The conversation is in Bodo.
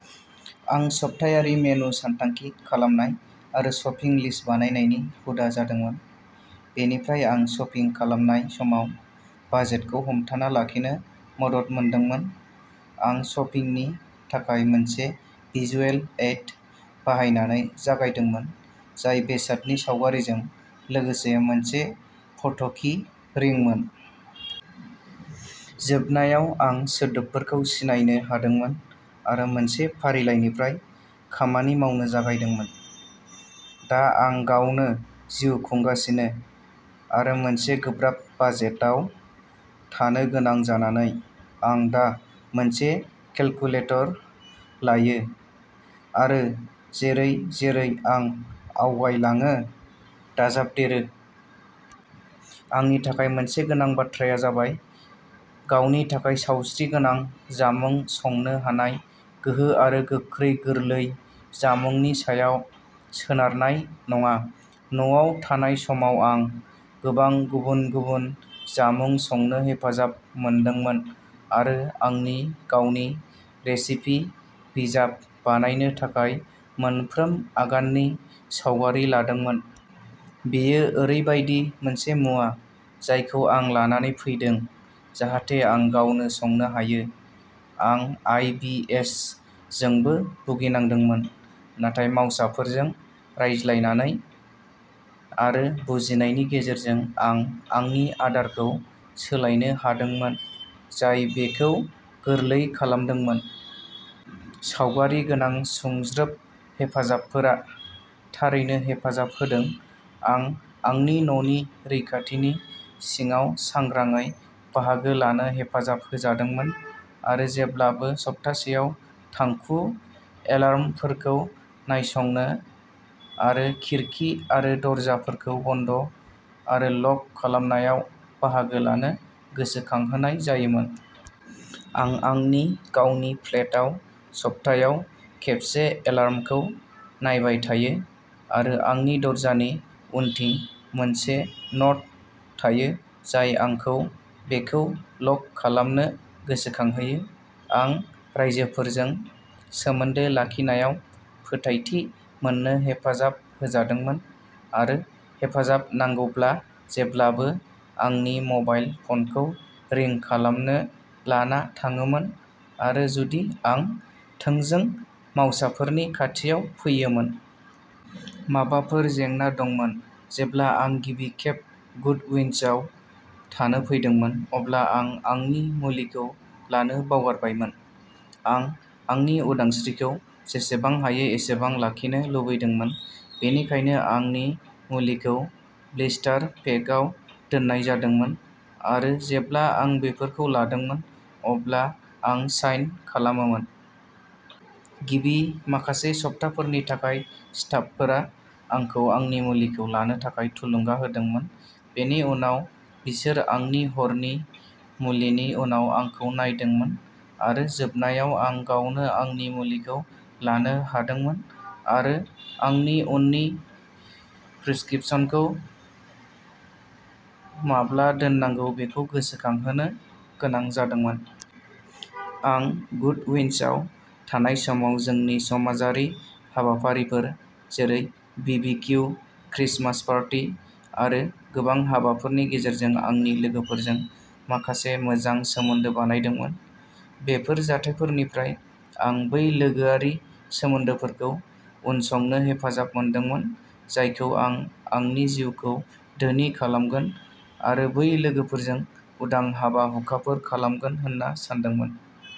आं सप्तायारि मेनु सानथांखि खालामनाय आरो शपिं लिस्ट बानायनायनि हुदा जादोंमोन। बेनिफ्राय आं शपिं खालामनाय समाव बाजेटखौ हमथाना लाखिनो मदद मोनदोंमोन। आं शपिंनि थाखाय मोनसे भिजुएल एइड बाहायनानै जागायदोंमोन, जाय बेसादनि सावगारिजों लोगोसे मोनसे फट'की रिंमोन। जोबनायाव आं सोदोबफोरखौ सिनायनो हादोंमोन आरो मोनसे फारिलाइनिफ्राय खामानि मावनो जागायदोंमोन। दा आं गावनो जिउ खुंगासिनो आरो मोनसे गोब्राब बाजेटआव थानो गोनां जानानै आं दा मोनसे केलकुलेटर लायो आरो जेरै-जेरै आं आवगायलाङो, दाजाबदेरो। आंनि थाखाय मोनसे गोनां बाथ्राया जाबाय गावनि थाखाय सावस्रिगोनां जामुं संनो हानाय गोहो आरो गोख्रै गोरलै जामुंनि सायाव सोनारनाय नङा। न'आव थानाय समाव आं गोबां गुबुन-गुबुन जामुं संनो हेफाजाब मोनदोंमोन आरो आंनि गावनि रेसिपि बिजाब बानायनो थाखाय मोनफ्रोम आगाननि सावगारि लादोंमोन। बेयो ओरैबायदि मोनसे मुवा जायखौ आं लानानै फैदों जाहाथे आं गावनो संनो हायो। आं आइ. बि. एस. जोंबो भुगिनांदोंमोन, नाथाय मावसाफोरजों रायज्लायनानै आरो बुजिनायनि गेजेरजों आं आंनि आदारखौ सोलायनो हादोंमोन, जाय बेखौ गोरलै खालामदोंमोन। सावगारि गोनां सुंज्रोब हेफाजाबफोरा थारैनो हेफाजाब होदों। आं आंनि न'नि रैखाथिनि सिङाव सांग्राङै बाहागो लानो हेफाजाब होजादोंमोन आरो जेब्लाबो सप्तासेयाव थांखु एलार्मफोरखौ नायसंनो आरो खिरखि आरो दरजाफोरखौ बन्द आरो लक खालामनायाव बाहागो लानो गोसोखांहोनाय जायोमोन। आं आंनि गावनि फ्लेटआव सप्तायाव खेबसे एलार्मखौ नायबाय थायो आरो आंनि दरजानि उनथिं मोनसे न'ट थायो, जाय आंखौ बेखौ लक खालामनो गोसोखांहोयो। आं राइजोफोरजों सोमोन्दो लाखिनायाव फोथायथि मोननो हेफाजाब होजादोंमोन आरो हेफाजाब नांगौब्ला जेब्लाबो आंनि मबाइल फ'नखौ रिं खालामनो लाना थाङोमोन आरो जुदि आं थोंजों मावसाफोरनि खाथियाव फैयोमोन। माबाफोर जेंना दंमोन। जेब्ला आं गिबि खेब गुडविन्सआव थानो फैदोंमोन, अब्ला आं आंनि मुलिखौ लानो बावगारबायमोन। आं आंनि उदांस्रिखौ जेसेबां हायो एसेबां लाखिनो लुबैदोंमोन, बेनिखायनो आंनि मुलिखौ ब्लिस्टार पेकआव दोननाय जादोंमोन आरो जेब्ला आं बेफोरखौ लादोंमोन अब्ला आं साइन खालामोमोन। गिबि माखासे सप्ताफोरनि थाखाय स्टाफफोरा आंखौ आंनि मुलिखौ लानो थाखाय थुलुंगा होदोंमोन, बेनि उनाव बिसोर आंनि हरनि मुलिनि उनाव आंखौ नायदोंमोन आरो जोबनायाव आं गावनो आंनि मुलिखौ लानो हादोंमोन आरो आंनि उननि प्रिस्क्रिप्शनखौ माब्ला दोननांगौ बेखौ गोसोखांहोनो गोनां जादोंमोन। आं गुडविन्सआव थानाय समाव जोंनि समाजारि हाबाफारिफोर जेरै बिबिकिउ, क्रिसमास पार्टी आरो गोबां हाबाफोरनि गेजेरजों आंनि लोगोफोरजों माखासे मोजां सोमोन्दो बानायदोंमोन। बेफोर जाथायफोरनिफ्राय आं बै लोगोआरि सोमोन्दोफोरखौ उनसंनो हेफाजाब मोनदोंमोन, जायखौ आं आंनि जिउखौ धोनि खालामगोन आरो बै लोगोफोरजों उदां हाबा-हुखाफोर खालामगोन होन्ना सान्दोंमोन।